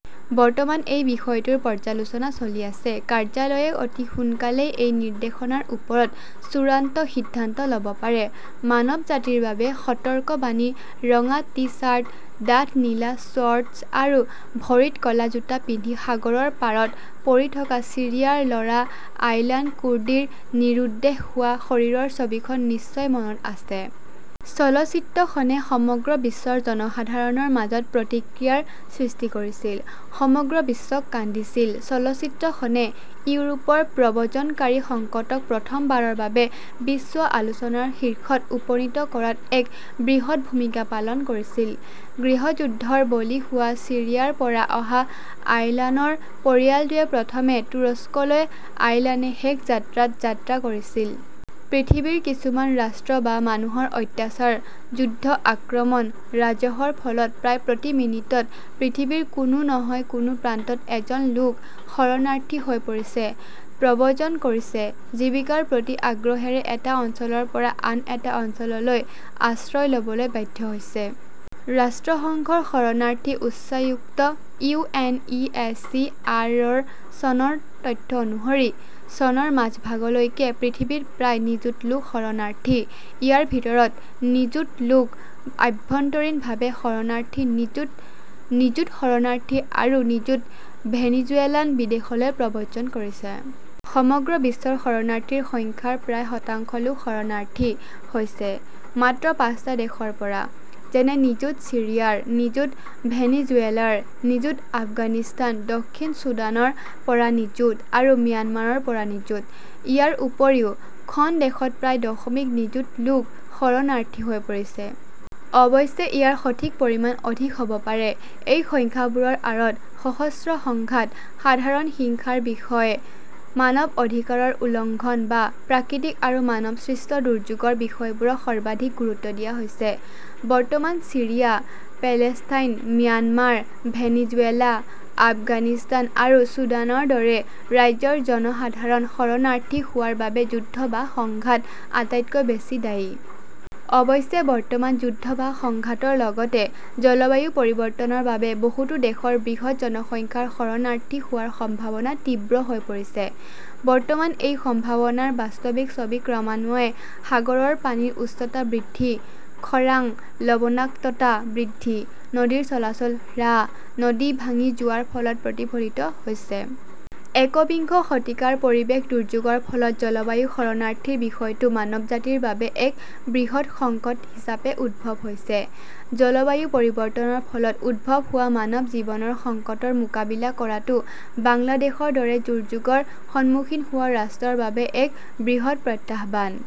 বৰ্তমান এই বিষয়টোৰ পৰ্যালোচনা চলি আছে। কাৰ্যালয়ে অতি সোনকালেই এই নিৰ্দেশনাৰ ওপৰত চূড়ান্ত সিদ্ধান্ত লʼব পাৰে। মানৱজাতিৰ বাবে সতৰ্কবাণী ৰঙা টি-চাৰ্ট, ডাঠ নীলা শ্বৰ্টছ আৰু ভৰিত ক 'লা জোতা পিন্ধি সাগৰৰ পাৰত পৰি থকা ছিৰিয়াৰ ল' ৰা আয়লান কুৰ্দিৰ নিৰুদ্দেশ হোৱা শৰীৰৰ ছবিখন নিশ্চয় মনত আছে! চলচ্চিত্ৰখনে সমগ্ৰ বিশ্বৰ জনসাধাৰণৰ মাজত প্ৰতিক্ৰিয়াৰ সৃষ্টি কৰিছিল, সমগ্ৰ বিশ্বক কান্দিছিল। চলচ্চিত্ৰখনে ইউৰোপৰ প্ৰব্ৰজনকাৰী সংকটক প্ৰথমবাৰৰ বাবে বিশ্ব আলোচনাৰ শীৰ্ষত উপনীত কৰাত এক বৃহৎ ভূমিকা পালন কৰিছিল। গৃহযুদ্ধৰ বলি হোৱা ছিৰিয়াৰ পৰা অহা আয়লানৰ পৰিয়ালটোৱে প্ৰথমে তুৰস্কলৈ, আয়লানে শেষ যাত্ৰাত যাত্ৰা কৰিছিল। পৃথিৱীৰ কিছুমান ৰাষ্ট্ৰ বা মানুহৰ অত্যাচাৰ, যুদ্ধ, আক্ৰমণ, ৰাজহৰ ফলত প্ৰায় প্ৰতি মিনিটত পৃথিৱীৰ কোনো নহয় কোনো প্ৰান্তত এজন লোক শৰণাৰ্থী হৈ পৰিছে, প্ৰব্ৰজন কৰিছে, জীৱিকাৰ প্ৰতি আগ্ৰহেৰে এটা অঞ্চলৰ পৰা আন এটা অঞ্চললৈ আশ্ৰয় ল 'বলৈ বাধ্য হৈছে। ৰাষ্ট্ৰসংঘৰ শৰণাৰ্থী উচ্চায়ুক্ত-ইউ. N. E. S. C. R. -ৰ চনৰ তথ্য অনুসৰি, ' চনৰ মাজভাগলৈকে পৃথিৱীত প্ৰায় নিযুত লোক শৰণাৰ্থী। ইয়াৰ ভিতৰত নিযুত লোক আভ্যন্তৰীণভাৱে শৰণাৰ্থী নিযুত, নিযুত শৰণাৰ্থী আৰু নিযুত ভেনিজুৱেলান বিদেশলৈ প্ৰব্ৰজন কৰিছে। সমগ্ৰ বিশ্বৰ শৰণাৰ্থীৰ সংখ্যাৰ প্ৰায় শতাংশ লোক শৰণাৰ্থী হৈছে, মাত্ৰ পাঁচটা দেশৰ পৰা, যেনে- নিযুত ছিৰিয়াৰ, নিযুত ভেনিজুৱেলাৰ, নিযুত আফগানিস্তান, দক্ষিণ ছুডানৰ পৰা নিযুত আৰু ম্যানমাৰৰ পৰা নিযুত। ইয়াৰ উপৰিও, খন দেশত প্ৰায় দশমিক নিযুত লোক শৰণাৰ্থী হৈ পৰিছে। অৱশ্যে, ইয়াৰ সঠিক পৰিমাণ অধিক হ 'ব পাৰে। এই সংখ্যাবোৰৰ আঁৰত সশস্ত্ৰ সংঘাত, সাধাৰণ হিংসাৰ বিষয়, মানৱ অধিকাৰৰ উলংঘন বা প্ৰাকৃতিক আৰু মানৱসৃষ্ট দুৰ্যোগৰ বিষয়বোৰক সৰ্বাধিক গুৰুত্ব দিয়া হৈছে। বৰ্তমান Syria, Palestine, Myanmar, Venezuela, Afghanistan আৰু ছুডানৰ দৰে ৰাজ্যৰ জনসাধাৰণ শৰণাৰ্থী হোৱাৰ বাবে যুদ্ধ বা সংঘাত আটাইতকৈ বেছি দায়ী। অৱশ্যে, বৰ্তমান যুদ্ধ বা সংঘাতৰ লগতে জলবায়ু পৰিৱৰ্তনৰ বাবে বহুতো দেশৰ বৃহৎ জনসংখ্যাৰ শৰণাৰ্থী হোৱাৰ সম্ভাৱনা তীব্ৰ হৈ পৰিছে। বৰ্তমান এই সম্ভাৱনাৰ বাস্তৱিক ছবি ক্ৰমান্বয়ে সাগৰৰ পানীৰ উচ্চতা বৃদ্ধি, খৰাং, লবণাক্ততা বৃদ্ধি, নদীৰ চলাচল হ্ৰাস, নদী ভাঙি যোৱাৰ ফলত প্ৰতিফলিত হৈছে। একবিংশ শতিকাৰ পৰিৱেশ দুৰ্যোগৰ ফলত জলবায়ু শৰণাৰ্থীৰ বিষয়টো মানৱজাতিৰ বাবে এক বৃহৎ সংকট হিচাপে উদ্ভৱ হৈছে। জলবায়ু পৰিৱৰ্তনৰ ফলত উদ্ভৱ হোৱা মানৱ জীৱনৰ সংকটৰ মোকাবিলা কৰাটো বাংলাদেশৰ দৰে দুৰ্যোগৰ সন্মুখীন হোৱা ৰাষ্ট্ৰৰ বাবে এক বৃহৎ প্ৰত্যাহ্বান